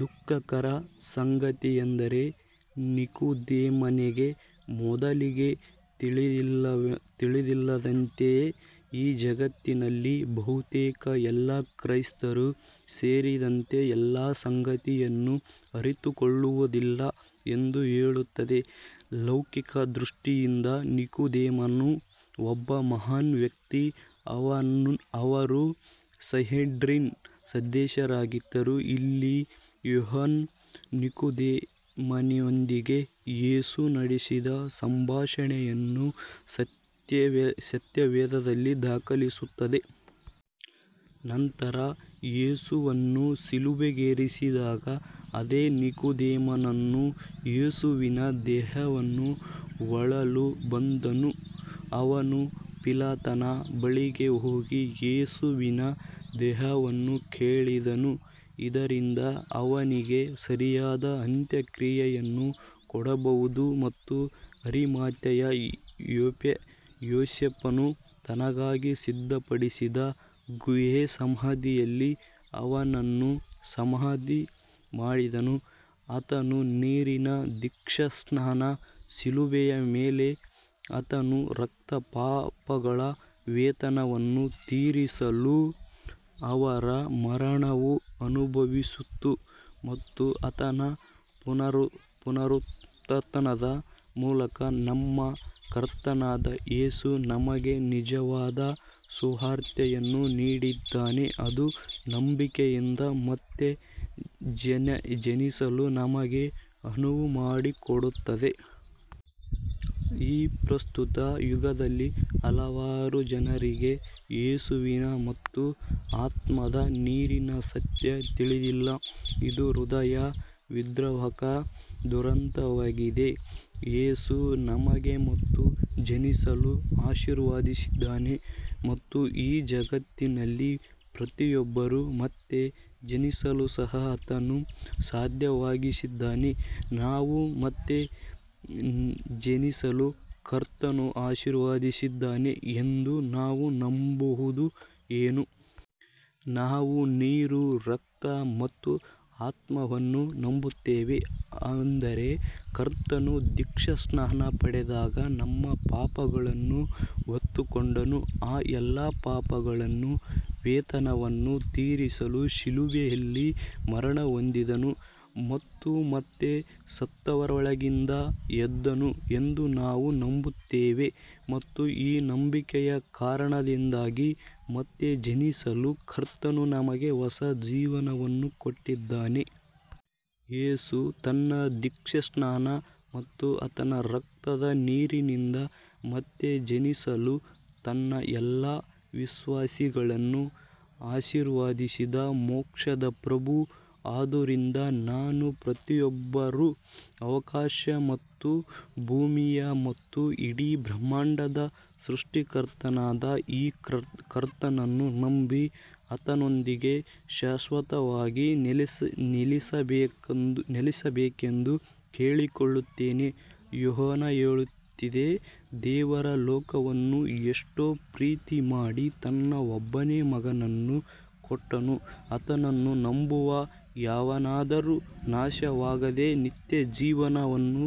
ದುಃಖಕರ ಸಂಗತಿಯೆಂದರೆ, ನಿಕೊದೇಮನಗೆ ಮೊದಲಿಗೆ ತಿಳಿದಿಲ್ಲದಂತೆಯೇ ಈ ಜಗತ್ತಿನಲ್ಲಿ ಬಹುತೇಕ ಎಲ್ಲ ಕ್ರೈಸ್ತರು ಸೇರಿದಂತೆ ಎಲ್ಲರೂ ಈ ಸಂಗತಿಯನ್ನು ಅರಿತುಕೊಳ್ಳುವುದಿಲ್ಲ ಎಂದು ಹೇಳುತ್ತದೆ. ಲೌಕಿಕ ದೃಷ್ಟಿಯಿಂದ, ನಿಕೊದೇಮನು ಒಬ್ಬ ಮಹಾನ್ ವ್ಯಕ್ತಿ. ಅವರು ಸಂಹೆಡ್ರಿನ್ ಸದಸ್ಯರಾಗಿದ್ದರು. ಇಲ್ಲಿ ಯೋಹಾನ, ನಿಕೊದೇಮನನೊಂದಿಗೆ ಯೇಸು ನಡೆಸಿದ ಸಂಭಾಷಣೆಯನ್ನು ಸತ್ಯವೇದದಲ್ಲಿ ದಾಖಲಿಸುತ್ತದೆ. ನಂತರ, ಯೇಸುವನ್ನು ಶಿಲುಬೆಗೇರಿಸಿದಾಗ, ಅದೇ ನಿಕೊದೇಮನನು ಯೇಸುವಿನ ದೇಹವನ್ನು ಹೂಳಲು ಬಂದನು. ಅವನು ಪಿಲಾತನ ಬಳಿಗೆ ಹೋಗಿ ಯೇಸುವಿನ ದೇಹವನ್ನು ಕೇಳಿದನು, ಇದರಿಂದ ಅವನಿಗೆ ಸರಿಯಾದ ಅಂತ್ಯಕ್ರಿಯೆಯನ್ನು ಕೊಡಬಹುದು ಮತ್ತು ಅರಿಮಾಥೆಯ ಯೋಸೇಫನು ತನಗಾಗಿ ಸಿದ್ಧಪಡಿಸಿದ್ದ ಗುಹೆ-ಸಮಾಧಿಯಲ್ಲಿ ಅವನನ್ನು ಸಮಾಧಿ ಮಾಡಿದನು. ಆತನ ನೀರಿನ ದೀಕ್ಷಾಸ್ನಾನ, ಶಿಲುಬೆಯ ಮೇಲೆ ಆತನ ರಕ್ತ, ಪಾಪಗಳ ವೇತನವನ್ನು ತೀರಿಸಲು ಅವರ ಮರಣವು ಅನುಭವಿಸಿತು, ಮತ್ತು ಆತನ ಪುನರುತ್ಥಾನದ ಮೂಲಕ, ನಮ್ಮ ಕರ್ತನಾದ ಯೇಸು ನಮಗೆ ನಿಜವಾದ ಸುವಾರ್ತೆಯನ್ನು ನೀಡಿದ್ದಾನೆ, ಅದು ನಂಬಿಕೆಯಿಂದ ಮತ್ತೆ ಜನಿಸಲು ನಮಗೆ ಅನುವು ಮಾಡಿಕೊಡುತ್ತದೆ. ಈ ಪ್ರಸ್ತುತ ಯುಗದಲ್ಲಿ ಹಲವಾರು ಜನರಿಗೆ ಯೇಸುವಿನ ಮತ್ತು ಆತ್ಮದ ನೀರಿನ ಸತ್ಯ ತಿಳಿದಿಲ್ಲ. ಇದು ಹೃದಯ ವಿದ್ರಾವಕ ದುರಂತವಾಗಿದೆ. ಯೇಸು ನಮಗೆ ಮತ್ತೆ ಜನಿಸಲು ಆಶೀರ್ವದಿಸಿದ್ದಾನೆ, ಮತ್ತು ಈ ಜಗತ್ತಿನಲ್ಲಿ ಪ್ರತಿಯೊಬ್ಬರೂ ಮತ್ತೆ ಜನಿಸಲು ಸಹ ಆತನು ಸಾಧ್ಯವಾಗಿಸಿದ್ದಾನೆ. ನಾವು ಮತ್ತೆ ಜನಿಸಲು ಕರ್ತನು ಆಶೀರ್ವದಿಸಿದ್ದಾನೆ ಎಂದು ನಾವು ನಂಬುವುದು ಏನು? ನಾವು ನೀರು, ರಕ್ತ ಮತ್ತು ಆತ್ಮವನ್ನು ನಂಬುತ್ತೇವೆ ಅಂದರೆ, ಕರ್ತನು ದೀಕ್ಷಾಸ್ನಾನ ಪಡೆದಾಗ ನಮ್ಮ ಪಾಪಗಳನ್ನು ಹೊತ್ತುಕೊಂಡನು, ಆ ಎಲ್ಲಾ ಪಾಪಗಳ ವೇತನವನ್ನು ತೀರಿಸಲು ಶಿಲುಬೆಯಲ್ಲಿ ಮರಣಹೊಂದಿದನು ಮತ್ತು ಮತ್ತೆ ಸತ್ತವರೊಳಗಿಂದ ಎದ್ದನು ಎಂದು ನಾವು ನಂಬುತ್ತೇವೆ ಮತ್ತು ಈ ನಂಬಿಕೆಯ ಕಾರಣದಿಂದಾಗಿ ಮತ್ತೆ ಜನಿಸಲು ಕರ್ತನು ನಮಗೆ ಹೊಸ ಜೀವನವನ್ನು ಕೊಟ್ಟಿದ್ದಾನೆ. ಯೇಸು ತನ್ನ ದೀಕ್ಷಾಸ್ನಾನ ಮತ್ತು ಆತನ ರಕ್ತದ ನೀರಿನಿಂದ ಮತ್ತೆ ಜನಿಸಲು ತನ್ನ ಎಲ್ಲಾ ವಿಶ್ವಾಸಿಗಳನ್ನು ಆಶೀರ್ವದಿಸಿದ ಮೋಕ್ಷದ ಪ್ರಭು. ಆದುದರಿಂದ ನಾನು ಪ್ರತಿಯೊಬ್ಬರೂ ಆಕಾಶ ಮತ್ತು ಭೂಮಿಯ ಮತ್ತು ಇಡೀ ಬ್ರಹ್ಮಾಂಡದ ಸೃಷ್ಟಿಕರ್ತನಾದ ಈ ಕರ್ತನನ್ನು ನಂಬಿ, ಆತನೊಂದಿಗೆ ಶಾಶ್ವತವಾಗಿ ನೆಲೆಸಬೇಕೆಂದು ಕೇಳಿಕೊಳ್ಳುತ್ತೇನೆ. ಯೋಹಾನ ಹೇಳುತ್ತದೆ, "ದೇವರು ಲೋಕವನ್ನು ಎಷ್ಟೋ ಪ್ರೀತಿಮಾಡಿ ತನ್ನ ಒಬ್ಬನೇ ಮಗನನ್ನು ಕೊಟ್ಟನು; ಆತನನ್ನು ನಂಬುವ ಯಾವನಾದರೂ ನಾಶವಾಗದೆ ನಿತ್ಯಜೀವ ವನ್ನು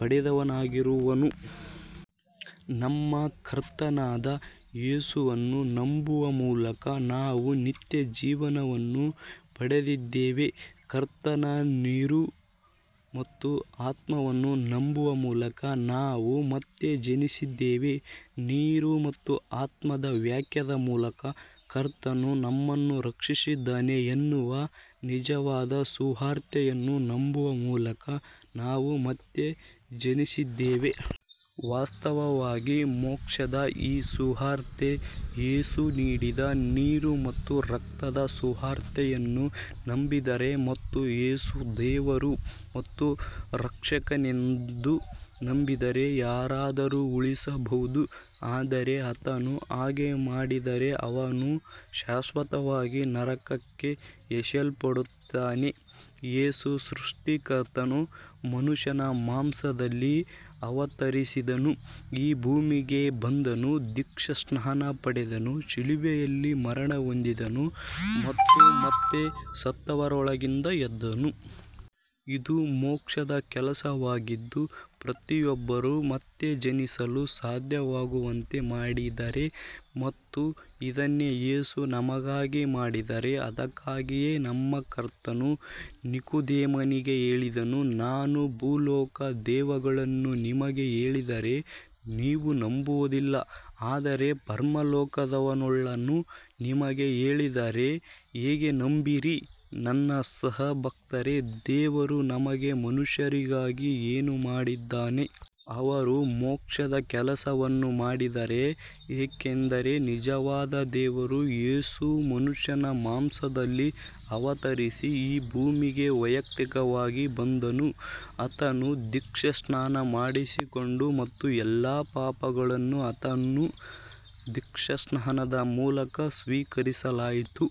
ಪಡೆದವನಾಗಿರುವನು.. " ನಮ್ಮ ಕರ್ತನಾದ ಯೇಸುವನ್ನು ನಂಬುವ ಮೂಲಕ ನಾವು ನಿತ್ಯಜೀವವನ್ನು ಪಡೆದಿದ್ದೇವೆ. ಕರ್ತನ ನೀರು ಮತ್ತು ಆತ್ಮವನ್ನು ನಂಬುವ ಮೂಲಕ ನಾವು ಮತ್ತೆ ಜನಿಸಿದ್ದೇವೆ. ನೀರು ಮತ್ತು ಆತ್ಮದ ವಾಕ್ಯದ ಮೂಲಕ ಕರ್ತನು ನಮ್ಮನು ರಕ್ಷಿಸಿದ್ದಾನೆ ಎನ್ನುವ ನಿಜವಾದ ಸುವಾರ್ತೆಯನ್ನು ನಂಬುವ ಮೂಲಕ, ನಾವು ಮತ್ತೆ ಜನಿಸಿದ್ದೇವೆ. ವಾಸ್ತವವಾಗಿ, ಮೋಕ್ಷದ ಈ ಸುವಾರ್ತೆ, ಯೇಸು ನೀಡಿದ ನೀರು ಮತ್ತು ರಕ್ತದ ಸುವಾರ್ತೆಯನ್ನು ನಂಬಿದರೆ ಮತ್ತು ಯೇಸು ದೇವರು ಮತ್ತು ರಕ್ಷಕನೆಂದು ನಂಬಿದರೆ ಯಾರಾದರೂ ಉಳಿಸಬಹುದು; ಆದರೆ ಆತನು ಹಾಗೆ ಮಾಡದಿದ್ದರೆ, ಅವನು ಶಾಶ್ವತವಾಗಿ ನರಕಕ್ಕೆ ಎಸೆಯಲ್ಪಡುತ್ತಾನೆ. ಯೇಸು, ಸೃಷ್ಟಿಕರ್ತನು ಮನುಷ್ಯನ ಮಾಂಸದಲ್ಲಿ ಅವತರಿಸಿದನು ಈ ಭೂಮಿಗೆ ಬಂದನು, ದೀಕ್ಷಾಸ್ನಾನ ಪಡೆದನು, ಶಿಲುಬೆಯಲ್ಲಿ ಮರಣಹೊಂದಿದನು ಮತ್ತು ಮತ್ತೆ ಸತ್ತವರೊಳಗಿಂದ ಎದ್ದನು. ಇದು ಮೋಕ್ಷದ ಕೆಲಸವಾಗಿದ್ದು, ಪ್ರತಿಯೊಬ್ಬರೂ ಮತ್ತೆ ಜನಿಸಲು ಸಾಧ್ಯವಾಗುವಂತೆ ಮಾಡಿದ್ದಾರೆ ಮತ್ತು ಇದನ್ನೇ ಯೇಸು ನಮಗಾಗಿ ಮಾಡಿದ್ದಾರೆ. ಅದಕ್ಕಾಗಿಯೇ ನಮ್ಮ ಕರ್ತನು ನಿಕೊದೇಮನಿಗೆ ಹೇಳಿದನು, "ನಾನು ಭೂಲೋಕ ದವುಗಳನ್ನು ನಿಮಗೆ ಹೇಳಿದರೆ ನೀವು ನಂಬುವದಿಲ್ಲ; ಆದರೆ ಪರಲೋಕದವುಗಳನ್ನು ನಿಮಗೆ ಹೇಳಿದರೆ ಹೇಗೆ ನಂಬೀರಿ " ನನ್ನ ಸಹ ಭಕ್ತರೇ, ದೇವರು ನಮಗೆ ಮನುಷ್ಯರಿಗಾಗಿ ಏನು ಮಾಡಿದ್ದಾನೆ? ಅವರು ಮೋಕ್ಷದ ಕೆಲಸವನ್ನು ಮಾಡಿದ್ದಾರೆ, ಯಾಕಂದರೆ ನಿಜವಾದ ದೇವರು ಯೇಸು ಮನುಷ್ಯನ ಮಾಂಸದಲ್ಲಿ ಅವತರಿಸಿ ಈ ಭೂಮಿಗೆ ವೈಯಕ್ತಿಕವಾಗಿ ಬಂದನು. ಆತನು ದೀಕ್ಷಾಸ್ನಾನ ಮಾಡಿಸಿಕೊಂಡು ಮತ್ತು ಎಲ್ಲಾ ಪಾಪಗಳನ್ನು ಆತನ ದೀಕ್ಷಾಸ್ನಾನದ ಮೂಲಕ ಸ್ವೀಕರಿಸಲಾಯಿತು.